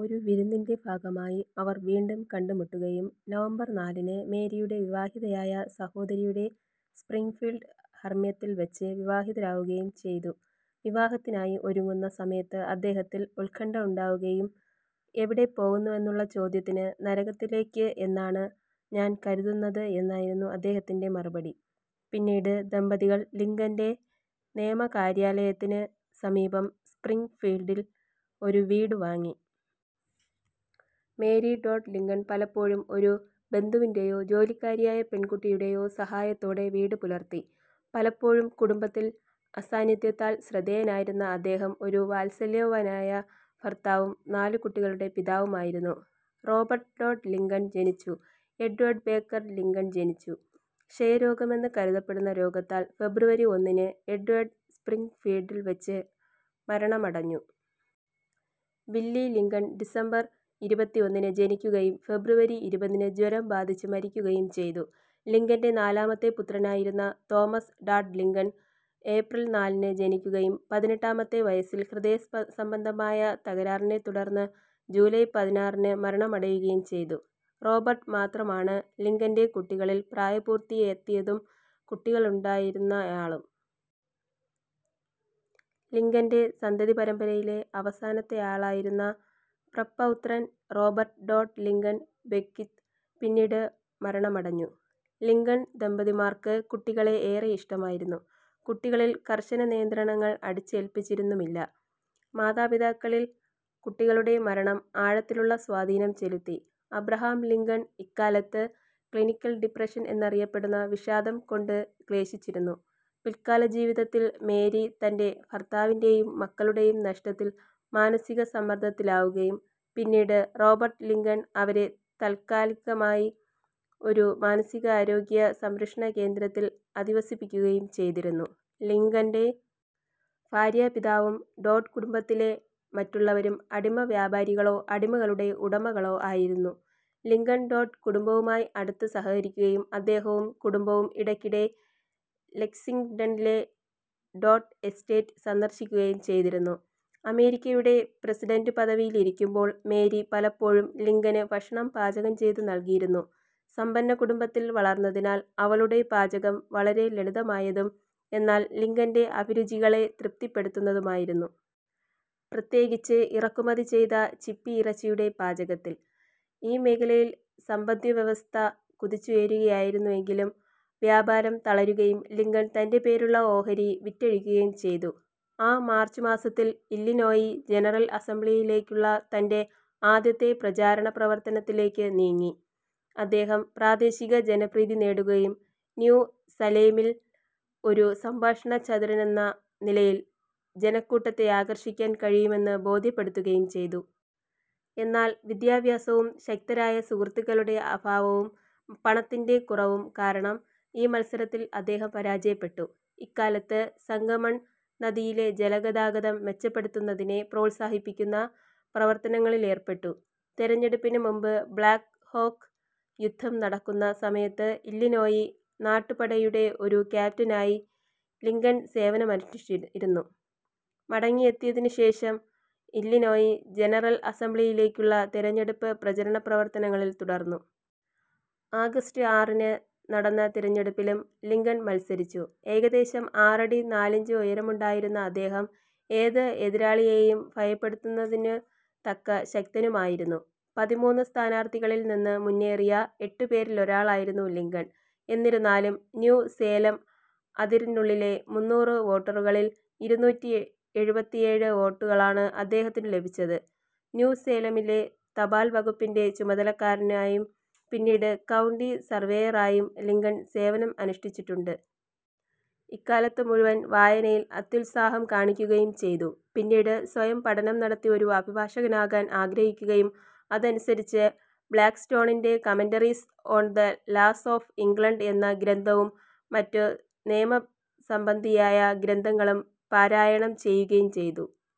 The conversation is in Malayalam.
ഒരു വിരുന്നിൻ്റെ ഭാഗമായി അവർ വീണ്ടും കണ്ടുമുട്ടുകയും നവംബർ നാലിന് മേരിയുടെ വിവാഹിതയായ സഹോദരിയുടെ സ്പ്രിങ്ഫീൽഡ് ഹർമ്മ്യത്തിൽവച്ച് വിവാഹിതരാകുകയും ചെയ്തു. വിവാഹത്തിനായി ഒരുങ്ങുന്ന സമയത്ത് അദ്ദേഹത്തിൽ ഉത്കണ്ഠയുണ്ടാവുകയും എവിടെ പോകുന്നുവെന്നുള്ള ചോദ്യത്തിന് നരകത്തിലേക്ക് എന്നാണ് ഞാൻ കരുതുന്നത് എന്നായിരുന്നു അദ്ദേഹത്തിൻ്റെ മറുപടി. പിന്നീട് ദമ്പതികൾ ലിങ്കൻ്റെ നിയമകാര്യാലയത്തിന് സമീപം സ്പ്രിങ്ഫീൽഡിൽ ഒരു വീട് വാങ്ങി. മേരി ടോഡ് ലിങ്കൺ പലപ്പോഴും ഒരു ബന്ധുവിൻ്റെ യോ ജോലിക്കാരിയായ പെൺകുട്ടിയുടെയോ സഹായത്തോടെ വീടുപുലർത്തി. പലപ്പോഴും കുടുംബത്തിൽ അസാന്നിധ്യത്താൽ ശ്രദ്ധേയനായിരുന്ന അദ്ദേഹം ഒരു വാത്സല്യവാനായ ഭർത്താവും നാലുകുട്ടികളുടെ പിതാവുമായിരുന്നു. റോബർട്ട് ടോഡ് ലിങ്കൺ ജനിച്ചു. എഡ്വാർഡ് ബേക്കർ ലിങ്കൺ ജനിച്ചു. ക്ഷയരോഗമെന്ന് കരുതപ്പെടുന്ന രോഗത്താൽ ഫെബ്രുവരി ഒന്നിന് എഡ്വാർഡ് സ്പ്രിങ്ഫീൽഡിൽവച്ച് മരണമടഞ്ഞു. വില്ലി ലിങ്കൺ ഡിസംബർ ഇരുപത്തിയൊന്നിന് ജനിക്കുകയും ഫെബ്രുവരി ഇരുപതിന് ജ്വരം ബാധിച്ച് മരിക്കുകയും ചെയ്തു. ലിങ്കൻ്റെ നാലാമത്തെ പുത്രനായിരുന്ന തോമസ് ടാഡ് ലിങ്കൺ ഏപ്രിൽ നാലിന് ജനിക്കുകയും പതിനെട്ടാമത്തെ വയസ്സിൽ ഹൃദയസ്പ സംബന്ധമായ തകരാറിനെത്തുടർന്ന് ജൂലൈ പതിനാറിന് മരണമടയുകയും ചെയ്തു. റോബർട്ട് മാത്രമാണ് ലിങ്കൻ്റെ കുട്ടികളിൽ പ്രായപൂർത്തിയെത്തിയതും കുട്ടികളുണ്ടായിരുന്നയാളും. ലിങ്കൻ്റെ സന്തതിപരമ്പരയിലെ അവസാനത്തെയാളായിരുന്ന പ്രപൗത്രൻ റോബർട്ട് ടോഡ് ലിങ്കൺ ബെക്ക്വിത്ത് പിന്നീട് മരണമടഞ്ഞു. ലിങ്കൺ ദമ്പതിമാർക്ക് കുട്ടികളെ ഏറെ ഇഷ്ടമായിരുന്നു. കുട്ടികളിൽ കർശനനിയന്ത്രണങ്ങൾ അടിച്ചേൽപ്പിച്ചിരുന്നുമില്ല. മാതാപിതാക്കളിൽ കുട്ടികളുടെ മരണം ആഴത്തിലുള്ള സ്വാധീനം ചെലുത്തി. അബ്രഹാം ലിങ്കൺ ഇക്കാലത്ത് ക്ലിനിക്കൽ ഡിപ്രഷൻ എന്നറിയപ്പെടുന്ന വിഷാദം കൊണ്ട് ക്ലേശിച്ചിരുന്നു. പിൽക്കാല ജീവിതത്തിൽ മേരി തൻ്റെ ഭർത്താവിൻ്റെ യും മക്കളുടെയും നഷ്ടത്തിൽ മാനസിക സമ്മർദ്ദത്തിലാവുകയും പിന്നീട് റോബർട്ട് ലിങ്കൺ അവരെ തൽക്കാലികമായി ഒരു മാനസികാരോഗ്യ സംരക്ഷണകേന്ദ്രത്തിൽ അധിവസിപ്പിക്കുകയും ചെയ്തിരുന്നു. ലിങ്കൻ്റെ ഭാര്യാപിതാവും ടോഡ് കുടുംബത്തിലെ മറ്റുള്ളവരും അടിമവ്യാപാരികളോ അടിമകളുടെ ഉടമകളോ ആയിരുന്നു. ലിങ്കൺ ടോഡ് കുടുംബവുമായി അടുത്ത് സഹകരിക്കുകയും അദ്ദേഹവും കുടുംബവും ഇടയ്ക്കിടെ ലെക്സിങ്ടണിലെ ടോഡ് എസ്റ്റേറ്റ് സന്ദർശിക്കുകയും ചെയ്തിരുന്നു. അമേരിക്കയുടെ പ്രസിഡന്റുപദവിയിലിരിക്കുമ്പോൾ മേരി പലപ്പോഴും ലിങ്കന് ഭക്ഷണം പാചകം ചെയ്ത് നൽകിയിരുന്നു. സമ്പന്നകുടുംബത്തിൽ വളർന്നതിനാൽ അവളുടെ പാചകം വളരെ ലളിതമായതും എന്നാൽ ലിങ്കൻ്റെ അഭിരുചികളെ തൃപ്തിപ്പെടുത്തുന്നതുമായിരുന്നു. പ്രത്യേകിച്ച് ഇറക്കുമതി ചെയ്ത ചിപ്പിയിറച്ചിയുടെ പാചകത്തിൽ.ഈ മേഖലയിൽ സമ്പദ്വ്യവസ്ഥ കുതിച്ചുയരുകയായിരുന്നെങ്കിലും വ്യാപാരം തളരുകയും ലിങ്കൺ തൻ്റെ പേരിലുള്ള ഓഹരി വിറ്റഴിക്കുകയും ചെയ്തു. ആ മാർച്ച് മാസത്തിൽ ഇല്ലിനോയി ജനറൽ അസംബ്ലിയിലേക്കുള്ള തൻ്റെ ആദ്യത്തെ പ്രചാരണ പ്രവർത്തനത്തിലേക്ക് നീങ്ങി. അദ്ദേഹം പ്രാദേശിക ജനപ്രീതി നേടുകയും ന്യൂ സലേമിൽ ഒരു സംഭാഷണചതുരനെന്ന നിലയിൽ ജനക്കൂട്ടത്തെ ആകർഷിക്കാൻ കഴിയുമെന്ന് ബോധ്യപ്പെടുത്തുകയും ചെയ്തു. എന്നാൽ വിദ്യാഭ്യാസവും ശക്തരായ സുഹൃത്തുക്കളുടെ അഭാവവും പണത്തിൻ്റെ കുറവും കാരണം ഈ മത്സരത്തിൽ അദ്ദേഹം പരാജയപ്പെട്ടു. ഇക്കാലത്ത് സംഗമൺ നദിയിലെ ജലഗതാഗതം മെച്ചപ്പെടുത്തുന്നതിനെ പ്രോത്സാഹിപ്പിക്കുന്ന പ്രവർത്തനങ്ങളിലേർപ്പെട്ടു. തെരഞ്ഞെടുപ്പിന് മുമ്പ് ബ്ലാക്ക് ഹോക്ക് യുദ്ധം നടക്കുന്ന സമയത്ത് ഇല്ലിനോയി നാട്ടുപടയുടെ ഒരു ക്യാപ്റ്റനായി ലിങ്കൺ സേവനമനുഷ്ഠിച്ചിരുന്നു. മടങ്ങിയെത്തിയതിനുശേഷം ഇല്ലിനോയി ജനറൽ അസംബ്ലിയിലേക്കുള്ള തെരഞ്ഞെടുപ്പ് പ്രചരണ പ്രവർത്തനങ്ങളിൽ തുടർന്നു. ആഗസ്റ്റ് ആറിന് നടന്ന തെരഞ്ഞെടുപ്പിലും ലിങ്കൺ മത്സരിച്ചു. ഏകദേശം ആറടി നാലിഞ്ച് ഉയരമുണ്ടായിരുന്ന അദ്ദേഹം ഏത് എതിരാളിയേയും ഭയപ്പെടുത്തുന്നതിനുതക്ക ശക്തനുമായിരുന്നു. പതിമൂന്ന് സ്ഥാനാർത്ഥികളിൽ നിന്ന് മുന്നേറിയ എട്ടുപേരിലൊരാളായിരുന്നു ലിങ്കൺ. എന്നിരുന്നാലും ന്യൂ സേലം അതിരിനുള്ളിലെ മുന്നൂറ് വോട്ടറുകളിൽ ഇരുനൂറ്റി എഴുപത്തിയേഴ് വോട്ടുകളാണ് അദ്ദേഹത്തിനു ലഭിച്ചത്.ന്യൂ സേലമിലെ തപാൽ വകുപ്പിൻ്റെ ചുമതലക്കാരനായും പിന്നീട് കൗണ്ടി സർവേയറായും ലിങ്കൺ സേവനം അനുഷ്ഠിച്ചിട്ടുണ്ട്. ഇക്കാലത്തുമുഴുവൻ വായനയിൽ അത്യുത്സാഹം കാണിക്കുകയും ചെയ്തു. പിന്നീട് സ്വയം പഠനം നടത്തി ഒരു അഭിഭാഷകനാകാൻ ആഗ്രഹിക്കുകയും അതനുസരിച്ച് ബ്ലാക്ക്സ്റ്റോണിൻ്റെ commentaries on the laws of England എന്ന ഗ്രന്ഥവും മറ്റു നിയമസംബന്ധിയായ ഗ്രന്ഥങ്ങളും പാരായണം ചെയ്യുകയും ചെയ്തു.